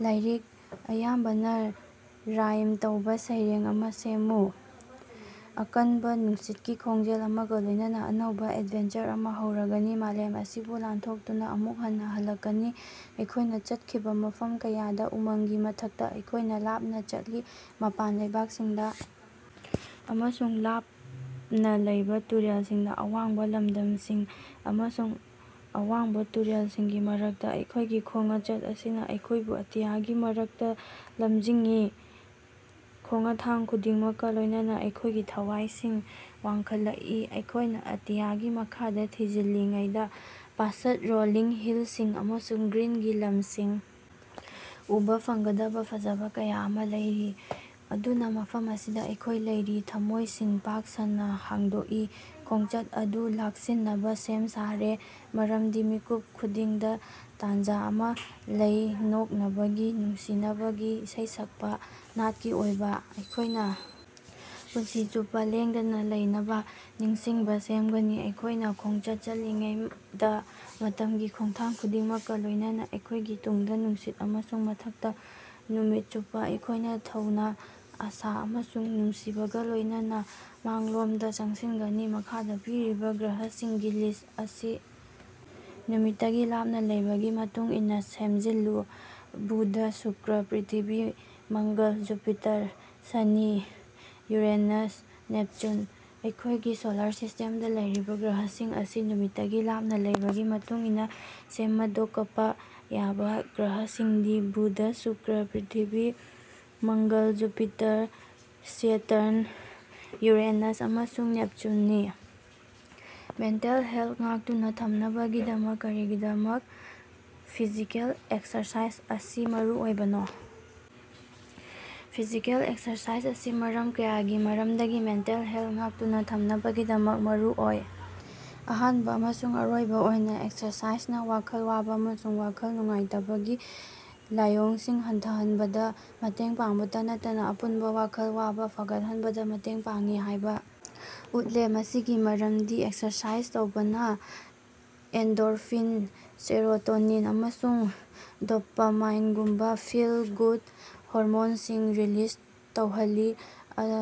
ꯂꯥꯏꯔꯤꯛ ꯑꯌꯥꯝꯕꯅ ꯔꯥꯏꯝ ꯇꯧꯕ ꯁꯩꯔꯦꯡ ꯑꯃ ꯁꯦꯝꯃꯨ꯫ ꯑꯀꯟꯕ ꯅꯨꯡꯁꯤꯠꯀꯤ ꯈꯣꯡꯖꯦꯜ ꯑꯃꯒ ꯂꯣꯏꯅꯅ, ꯑꯅꯧꯕ ꯑꯦꯗꯚꯦꯟꯆꯔ ꯑꯃ ꯍꯧꯔꯒꯅꯤ, ꯃꯥꯂꯦꯝ ꯑꯁꯤꯕꯨ ꯂꯥꯟꯊꯣꯛꯇꯨꯅ ꯑꯃꯨꯛ ꯍꯟꯅ ꯍꯜꯂꯛꯀꯅꯤ, ꯑꯩꯈꯣꯏꯅ ꯆꯠꯈꯤꯕ ꯃꯐꯝ ꯀꯌꯥꯗ꯫ ꯎꯃꯪꯒꯤ ꯃꯊꯛꯇ ꯑꯩꯈꯣꯏꯅ ꯂꯥꯞꯅ ꯆꯠꯂꯤ, ꯃꯄꯥꯟ ꯂꯩꯕꯥꯛꯁꯤꯡꯗ ꯑꯃꯁꯨꯡ ꯂꯥꯞꯅ ꯂꯩꯕ ꯇꯨꯔꯦꯜꯁꯤꯡꯗ, ꯑꯋꯥꯡꯕ ꯂꯝꯗꯝꯁꯤꯡ ꯑꯃꯁꯨꯡ ꯑꯋꯥꯡꯕ ꯇꯨꯔꯦꯜꯁꯤꯡꯒꯤ ꯃꯔꯛꯇ, ꯑꯩꯈꯣꯏꯒꯤ ꯈꯣꯉꯆꯠ ꯑꯁꯤꯅ ꯑꯩꯈꯣꯏꯕꯨ ꯑꯇꯤꯌꯥꯒꯤ ꯃꯔꯛꯇ ꯂꯝꯖꯤꯡꯏ꯫ ꯈꯣꯉꯊꯥꯡ ꯈꯨꯗꯤꯡꯃꯛꯀ ꯂꯣꯏꯅꯅ ꯑꯩꯈꯣꯏꯒꯤ ꯊꯋꯥꯏꯁꯤꯡ ꯋꯥꯡꯈꯠꯂꯛꯏ, ꯑꯩꯈꯣꯏꯅ ꯑꯇꯤꯌꯥꯒꯤ ꯃꯈꯥꯗ ꯊꯤꯖꯤꯜꯂꯤꯉꯩꯗ, ꯄꯥꯁꯠ ꯔꯣꯂꯤꯡ ꯍꯤꯜꯁꯤꯡ ꯑꯃꯁꯨꯡ ꯒ꯭ꯔꯤꯟꯒꯤ ꯂꯝꯁꯤꯡ, ꯎꯕ ꯐꯪꯒꯗꯕ ꯐꯖꯕ ꯀꯌꯥ ꯑꯃ ꯂꯩꯔꯤ꯫ ꯑꯗꯨꯅ ꯃꯐꯝ ꯑꯁꯤꯗ ꯑꯩꯈꯣꯏ ꯂꯩꯔꯤ, ꯊꯝꯃꯣꯏꯁꯤꯡ ꯄꯥꯛ ꯁꯟꯅ ꯍꯥꯡꯗꯣꯛꯏ, ꯈꯣꯡꯆꯠ ꯑꯗꯨ ꯂꯥꯛꯁꯤꯟꯅꯕ ꯁꯦꯝ ꯁꯥꯔꯦ, ꯃꯔꯝꯗꯤ ꯃꯤꯀꯨꯞ ꯈꯨꯗꯤꯡꯗ ꯇꯥꯟꯖ ꯑꯃ ꯂꯩ, ꯅꯣꯛꯅꯕꯒꯤ, ꯅꯨꯡꯁꯤꯅꯕꯒꯤ, ꯏꯁꯩ ꯁꯛꯄ, ꯅꯥꯠꯀꯤ ꯑꯣꯏꯕ꯫ ꯑꯩꯈꯣꯏꯅ ꯄꯨꯟꯁꯤ ꯆꯨꯞꯄ ꯂꯦꯡꯗꯅ ꯂꯩꯅꯕ ꯅꯤꯡꯁꯤꯡꯕ ꯁꯦꯝꯒꯅꯤ, ꯑꯩꯈꯣꯏꯅ ꯈꯣꯡꯆꯠ ꯆꯠꯂꯤꯉꯩꯗ, ꯃꯇꯝꯒꯤ ꯈꯣꯡꯊꯥꯡ ꯈꯨꯗꯤꯡꯃꯛꯀ ꯂꯣꯏꯅꯅ, ꯑꯩꯈꯣꯏꯒꯤ ꯇꯨꯡꯗ ꯅꯨꯡꯁꯤꯠ ꯑꯃꯁꯨꯡ ꯃꯊꯛꯇ ꯅꯨꯃꯤꯠ ꯆꯨꯞꯄ, ꯑꯩꯈꯣꯏꯅ ꯊꯧꯅ, ꯑꯥꯁꯥ ꯑꯃꯁꯨꯡ ꯅꯨꯡꯁꯤꯕꯒ ꯂꯣꯏꯅꯅ ꯃꯥꯡꯂꯣꯝꯗ ꯆꯪꯁꯤꯟꯒꯅꯤ꯫ ꯃꯈꯥꯗ ꯄꯤꯔꯤꯕ ꯒ꯭ꯔꯍꯁꯤꯡꯒꯤ ꯂꯤꯁ꯭ꯠ ꯑꯁꯤ ꯅꯨꯃꯤꯠꯇꯒꯤ ꯂꯥꯞꯅ ꯂꯩꯕꯒꯤ ꯃꯇꯨꯡ ꯏꯟꯅ ꯁꯦꯝꯖꯤꯜꯂꯨ꯫ Budh, Shukra, Prithvi, Mangal, Jupiter, Shani, Uranus, Neptune. ꯑꯩꯈꯣꯏꯒꯤ ꯁꯣꯂꯥꯔ ꯁꯤꯁ꯭ꯇꯦꯝꯗ ꯂꯩꯔꯤꯕ ꯒ꯭ꯔꯍꯁꯤꯡ ꯑꯁꯤ ꯅꯨꯃꯤꯠꯇꯒꯤ ꯂꯥꯞꯅ ꯂꯩꯕꯒꯤ ꯃꯇꯨꯡ ꯏꯟꯅ ꯁꯦꯃꯗꯣꯀꯄ ꯌꯥꯕ ꯒ꯭ꯔꯍꯁꯤꯡꯗꯤ: Buddha, Shukra, Prithvi, Mangal, Jupiter, Saturn, Uranus ꯑꯃꯁꯨꯡ ꯅꯦꯞꯆꯨꯟꯅꯤ꯫ ꯃꯦꯟꯇꯦꯜ ꯍꯦꯜꯊ ꯉꯥꯛꯇꯨꯅ ꯊꯝꯅꯕꯒꯤꯗꯃꯛ ꯀꯔꯤꯒꯤꯗꯃꯛ ꯐꯤꯖꯤꯀꯦꯜ ꯑꯦꯛꯁꯔꯁꯥꯏꯖ ꯑꯁꯤ ꯃꯔꯨꯑꯣꯏꯕꯅꯣ? ꯐꯤꯖꯤꯀꯦꯜ ꯑꯦꯛꯁꯔꯁꯥꯏꯖ ꯑꯁꯤ ꯃꯔꯝ ꯀꯌꯥꯒꯤ ꯃꯔꯝꯗꯒꯤ ꯃꯦꯟꯇꯦꯜ ꯍꯦꯜꯊ ꯉꯥꯛꯇꯨꯅ ꯊꯝꯅꯕꯒꯤꯗꯃꯛ ꯃꯔꯨꯑꯣꯏ꯫ ꯑꯍꯥꯟꯕ ꯑꯃꯁꯨꯡ ꯑꯔꯣꯏꯕ ꯑꯣꯏꯅ, ꯑꯦꯛꯁꯔꯁꯥꯏꯖꯅ ꯋꯥꯈꯜ ꯋꯥꯕ ꯑꯃꯁꯨꯡ ꯋꯥꯈꯜ ꯅꯨꯡꯉꯥꯏꯇꯕꯒꯤ ꯂꯥꯏꯑꯣꯡꯁꯤꯡ ꯍꯟꯊꯍꯟꯕꯗ ꯃꯇꯦꯡ ꯄꯥꯡꯕꯇ ꯅꯠꯇꯅ ꯑꯄꯨꯟꯕ ꯋꯥꯈꯜ ꯋꯥꯕ ꯐꯒꯠꯍꯟꯕꯗ ꯃꯇꯦꯡ ꯄꯥꯡꯏ ꯍꯥꯏꯕ ꯎꯠꯂꯦ꯫ ꯃꯁꯤꯒꯤ ꯃꯔꯝꯗꯤ ꯑꯦꯛꯁꯔꯁꯥꯏꯖ ꯇꯧꯕꯅ ꯑꯦꯟꯗꯣꯔꯐꯤꯟ, ꯁꯦꯔꯣꯇꯣꯅꯤꯟ, ꯑꯃꯁꯨꯡ ꯗꯣꯄꯃꯥꯏꯟꯒꯨꯝꯕ ꯐꯤꯜ ꯒꯨꯗ ꯍꯣꯔꯃꯣꯟꯁꯤꯡ ꯔꯤꯂꯤꯖ ꯇꯧꯍꯜꯂꯤ,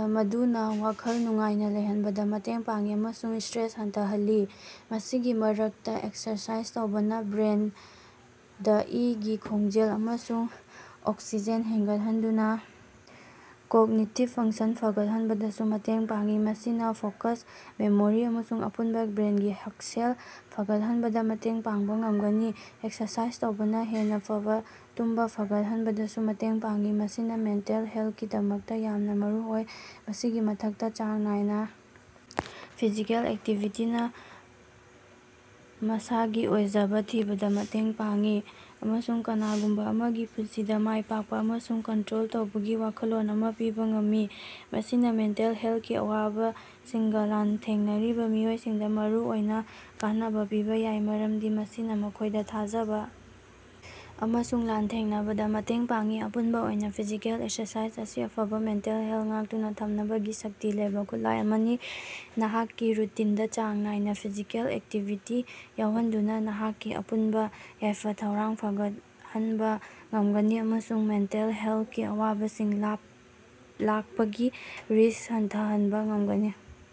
ꯃꯗꯨꯅ ꯋꯥꯈꯜ ꯅꯨꯡꯉꯥꯏꯅ ꯂꯩꯍꯟꯕꯗ ꯃꯇꯦꯡ ꯄꯥꯡꯏ ꯑꯃꯁꯨꯡ ꯁ꯭ꯇꯔꯦꯁ ꯍꯟꯊꯍꯜꯂꯤ꯫ ꯃꯁꯤꯒꯤ ꯃꯔꯛꯇ, ꯑꯦꯛꯁꯔꯁꯥꯏꯖ ꯇꯧꯕꯅ ꯕ꯭ꯔꯦꯟꯗ ꯏ-ꯒꯤ ꯈꯣꯡꯖꯦꯜ ꯑꯃꯁꯨꯡ ꯑꯣꯛꯁꯤꯖꯦꯟ ꯍꯦꯟꯒꯠꯍꯟꯗꯨꯅ ꯀꯣꯛꯅꯤꯇꯤꯚ ꯐꯪꯁꯟ ꯐꯒꯠꯍꯟꯕꯗꯁꯨ ꯃꯇꯦꯡ ꯄꯥꯡꯏ꯫ ꯃꯁꯤꯅ ꯐꯣꯀꯁ, ꯃꯦꯃꯣꯔꯤ ꯑꯃꯁꯨꯡ ꯑꯄꯨꯟꯕ ꯕ꯭ꯔꯦꯟꯒꯤ ꯍꯛꯁꯦꯜ ꯐꯒꯠꯍꯟꯕꯗ ꯃꯇꯦꯡ ꯄꯥꯡꯕ ꯉꯝꯒꯅꯤ꯫ ꯑꯦꯛꯁꯔꯁꯥꯏꯖ ꯇꯧꯕꯅ ꯍꯦꯟꯅ ꯐꯕ ꯇꯨꯝꯕ ꯐꯒꯠꯍꯟꯕꯗꯁꯨ ꯃꯇꯦꯡ ꯄꯥꯡꯏ, ꯃꯁꯤꯅ ꯃꯦꯟꯇꯦꯜ ꯍꯦꯜꯊꯀꯤꯗꯃꯛꯇ ꯌꯥꯝꯅ ꯃꯔꯨꯑꯣꯏ꯫ ꯃꯁꯤꯒꯤ ꯃꯊꯛꯇ, ꯆꯥꯡ ꯅꯥꯏꯅ ꯐꯤꯖꯤꯀꯦꯜ ꯑꯦꯛꯇꯤꯚꯤꯇꯤꯅ ꯃꯁꯥꯒꯤ ꯑꯣꯏꯖꯕ ꯊꯤꯕꯗ ꯃꯇꯦꯡ ꯄꯥꯡꯏ, ꯑꯃꯁꯨꯡ ꯀꯅꯥꯒꯨꯝꯕ ꯑꯃꯒꯤ ꯄꯨꯟꯁꯤꯗ ꯃꯥꯏꯄꯥꯛꯄ ꯑꯃꯁꯨꯡ ꯀꯟꯇ꯭ꯔꯣꯜ ꯇꯧꯕꯒꯤ ꯋꯥꯈꯜꯂꯣꯟ ꯑꯃ ꯄꯤꯕ ꯉꯝꯃꯤ꯫ ꯃꯁꯤꯅ ꯃꯦꯟꯇꯦꯜ ꯍꯦꯜꯊꯀꯤ ꯑꯋꯥꯕꯁꯤꯡꯒ ꯂꯥꯟꯊꯦꯡꯅꯔꯤꯕ ꯃꯤꯑꯣꯏꯁꯤꯡꯗ ꯃꯔꯨꯑꯣꯏꯅ ꯀꯥꯟꯅꯕ ꯄꯤꯕ ꯌꯥꯏ, ꯃꯔꯝꯗꯤ ꯃꯁꯤꯅ ꯃꯈꯣꯏꯗ ꯊꯥꯖꯕ ꯑꯃꯁꯨꯡ ꯂꯥꯟꯊꯦꯡꯅꯕꯗ ꯃꯇꯦꯡ ꯄꯥꯡꯏ꯫ ꯑꯄꯨꯟꯕ ꯑꯣꯏꯅ ꯐꯤꯖꯤꯀꯦꯜ ꯑꯦꯛꯁꯔꯁꯥꯏꯖ ꯑꯁꯤ ꯑꯐꯕ ꯃꯦꯟꯇꯦꯜ ꯍꯦꯜꯊ ꯉꯥꯛꯇꯨꯅ ꯊꯝꯅꯕꯒꯤ ꯁꯛꯇꯤ ꯂꯩꯕ ꯈꯨꯠꯂꯥꯏ ꯑꯃꯅꯤ꯫ ꯅꯍꯥꯛꯀꯤ ꯔꯨꯇꯤꯟꯗ ꯆꯥꯡ ꯅꯥꯏꯅ ꯐꯤꯖꯤꯀꯦꯜ ꯑꯦꯛꯇꯤꯚꯤꯇꯤ ꯌꯥꯎꯍꯟꯗꯨꯅ, ꯅꯍꯥꯛꯀꯤ ꯑꯄꯨꯟꯕ ꯌꯥꯏꯐ-ꯊꯧꯔꯥꯡ ꯐꯒꯠꯍꯟꯕ ꯉꯝꯒꯅꯤ ꯑꯃꯁꯨꯡ ꯃꯦꯟꯇꯦꯜ ꯍꯦꯜꯊꯀꯤ ꯑꯋꯥꯕꯁꯤꯡ ꯂꯥꯛꯄꯒꯤ ꯔꯤꯁ꯭ꯛ ꯍꯟꯊꯍꯟꯕ ꯉꯝꯒꯅꯤ꯫